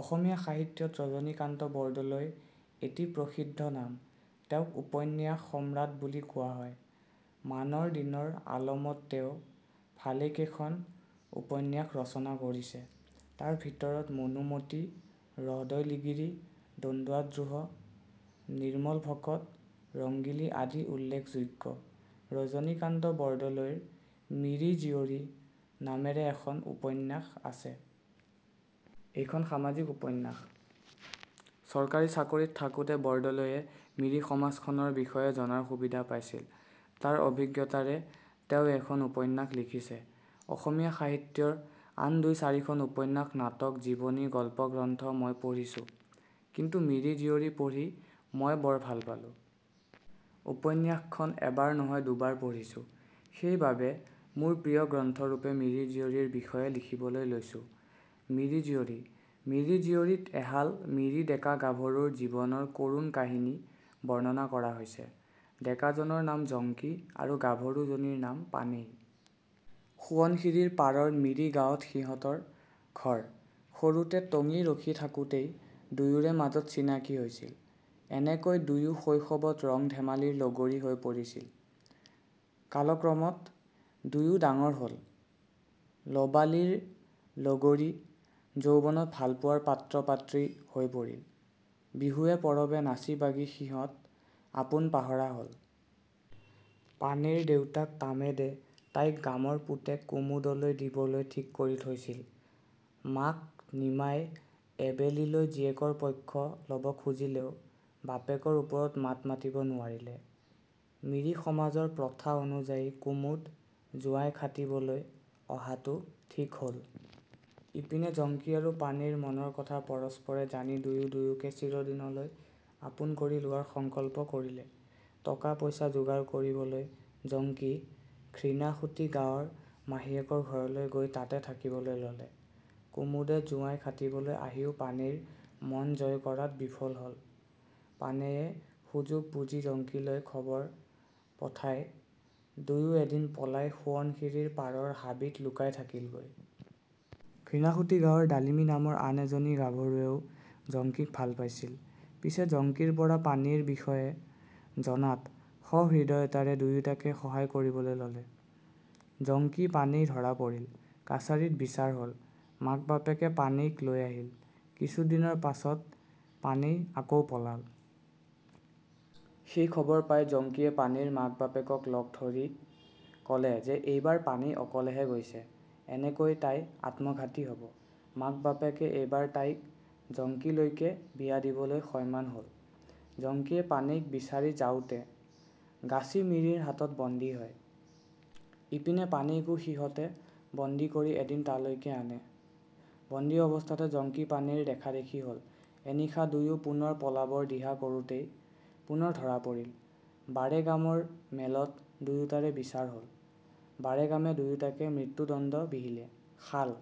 অসমীয়া সাহিত্যত ৰজনীকান্ত বৰদলৈ এটি প্ৰসিদ্ধ নাম। তেওঁক উপন্যাস সম্ৰাট বুলি কোৱা হয়। মানৰ দিনৰ আলমত তেওঁ ভালেকেইখন উপন্যাস ৰচনা কৰিছে। তাৰ ভিতৰত মনোমতী, ৰহদৈ লিগিৰী, দন্দুৱা-দ্ৰোহ, নিৰ্মল-ভকত, ৰংগিলী আদি উল্লেখযোগ্য। ৰজনীকান্ত বৰদলৈৰ "মিৰি জীয়ৰী" নামেৰে এখন উপন্যাস আছে। এইখন সামাজিক উপন্যাস। চৰকাৰী চাকৰিত থাকোতে বৰদলৈয়ে মিৰি সমাজখনৰ বিষয়ে জনাৰ সুবিধা পাইছিল। তাৰ অভিজ্ঞতাৰে তেওঁ এইখন উপন্যাস লিখিছে। অসমীয়া সাহিত্যৰ আন দুই-চাৰিখন উপন্যাস, নাটক, জীৱনী, গল্প-গ্ৰন্থ মই পঢ়িছো। কিন্তু "মিৰি জীয়ৰী" পঢ়ি মই বৰ ভাল পালো। উপন্যাসখন এবাৰ নহয় দুবাৰ পঢ়িছো। সেই বাবে মোৰ প্ৰিয় গ্ৰন্থৰূপে "মিৰি জীয়ৰী"ৰ বিষয়ে লিখিবলৈ লৈছো। মিৰি জীয়ৰী "মিৰি জীয়ৰী "ত এহাল মিৰি ডেকা-গাভৰুৰ জীৱনৰ কৰুণ কাহিনী বৰ্ণনা কৰা হৈছে। ডেকাজনৰ নাম জংকি আৰু গাভৰুজনীৰ নাম পানেই। সোৱণশিৰীৰ পাৰৰ মিৰি গাঁৱত সিহঁতৰ ঘৰ। সৰুতে টঙি ৰখি থাকোতেই দুয়োৰে মাজত চিনাকি হৈছিল। এনেকৈ দুয়ো শৈশৱত ৰং-ধেমালিৰ লগৰী হৈ পৰিছিল। কালক্ৰমত দুয়ো ডাঙৰ হ'ল, ল'বালিৰ লগৰী যৌৱনত ভালপোৱাৰ পাত্ৰ-পাত্ৰী হৈ পৰিল। বিহুৱে-পৰৱে নাচি বাগি সিহঁত আপোন পাহৰা হ'ল। পানেইৰ দেউতাক তামেদে তাইক গামৰ পুতেক কুমুদলৈ দিবলৈ ঠিক কৰি থৈছিল। মাক নিমাই এবেলিলৈ জীয়েকৰ পক্ষ ল'ব খুজিলেও বাপেকৰ ওপৰত মাত মাতিব নোৱাৰিলে। মিৰি সমাজৰ প্ৰথা অনুযায়ী কুমুদ জোঁৱাই খাটিবলৈ অহাটো ঠিক হ'ল। ইপিনে জংকি আৰু পানেইৰ মনৰ কথা পৰস্পৰে জানি দুয়ো দুয়োকে চিৰদিনলৈ আপোন কৰি লোৱাৰ সংকল্প কৰিলে। টকা-পইচা যোগাৰ কৰিবলৈ জংকি ঘৃনাসুঁতি গাঁৱৰ মাহীয়েকৰ ঘৰলৈ গৈ তাতে থাকিবলৈ ললে। কুমুদে জোঁৱাই খাটিবলৈ আহিও পানেইৰ মন জয় কৰাত বিফল হ'ল, পানেয়ে সুযোগ বুজি জংকিলৈ খবৰ পঠাই দুয়ো এদিন পলাই সোৱণশিৰীৰ পাৰৰ হাবিত লুকাই থাকিলগৈ। ঘৃনাসূঁতি গাঁৱৰ ডালিমী নামৰ আন এজনী গাভৰুৱেও জংকিক ভাল পাইছিল। পিছে জংকিৰপৰা পানেইৰ বিষয়ে জনাত সহৃদয়তাৰে দুয়োটাকে সহায় কৰিবলৈ ল'লে। জংকি-পানেই ধৰা পৰিল, কাছাৰীত বিচাৰ হ'ল, মাক-বাপেকে পানেইক লৈ আহিল। কিছুদিনৰ পাছত পানেই আকৌ পলাল। সেই খবৰ পাই জংকিয়ে পানেইৰ মাক-বাপেকক লগ ধৰি ক'লে যে এইবাৰ পানেই অকলেহে গৈছে, এনেকৈ তাই আত্মঘাতী হ'ব। মাক-বাপেকে এইবাৰ তাইক জংকিলৈকে বিয়া দিবলৈ সৈমান হ'ল। জংকিয়ে পানেইক বিচাৰি যাওঁতে গাছি মিৰিৰ হাতত বন্দী হয়। ইপিনে পানেইকো সিহঁতে বন্দী কৰি এদিন তালৈকে আনে ৷ বন্দী অৱস্থাতে জংকি-পানেইৰ দেখা-দেখি হ'ল। এনিশা দুয়ো পুনৰ পলাবৰ দিহা কৰোতেই পুনৰ ধৰা পৰিল। বাৰেগামৰ মেলত দুয়োটাৰে বিচাৰ হ'ল। বাৰেগামে দুয়োটাকে মৃত্যুদণ্ড বিহিলে। শাল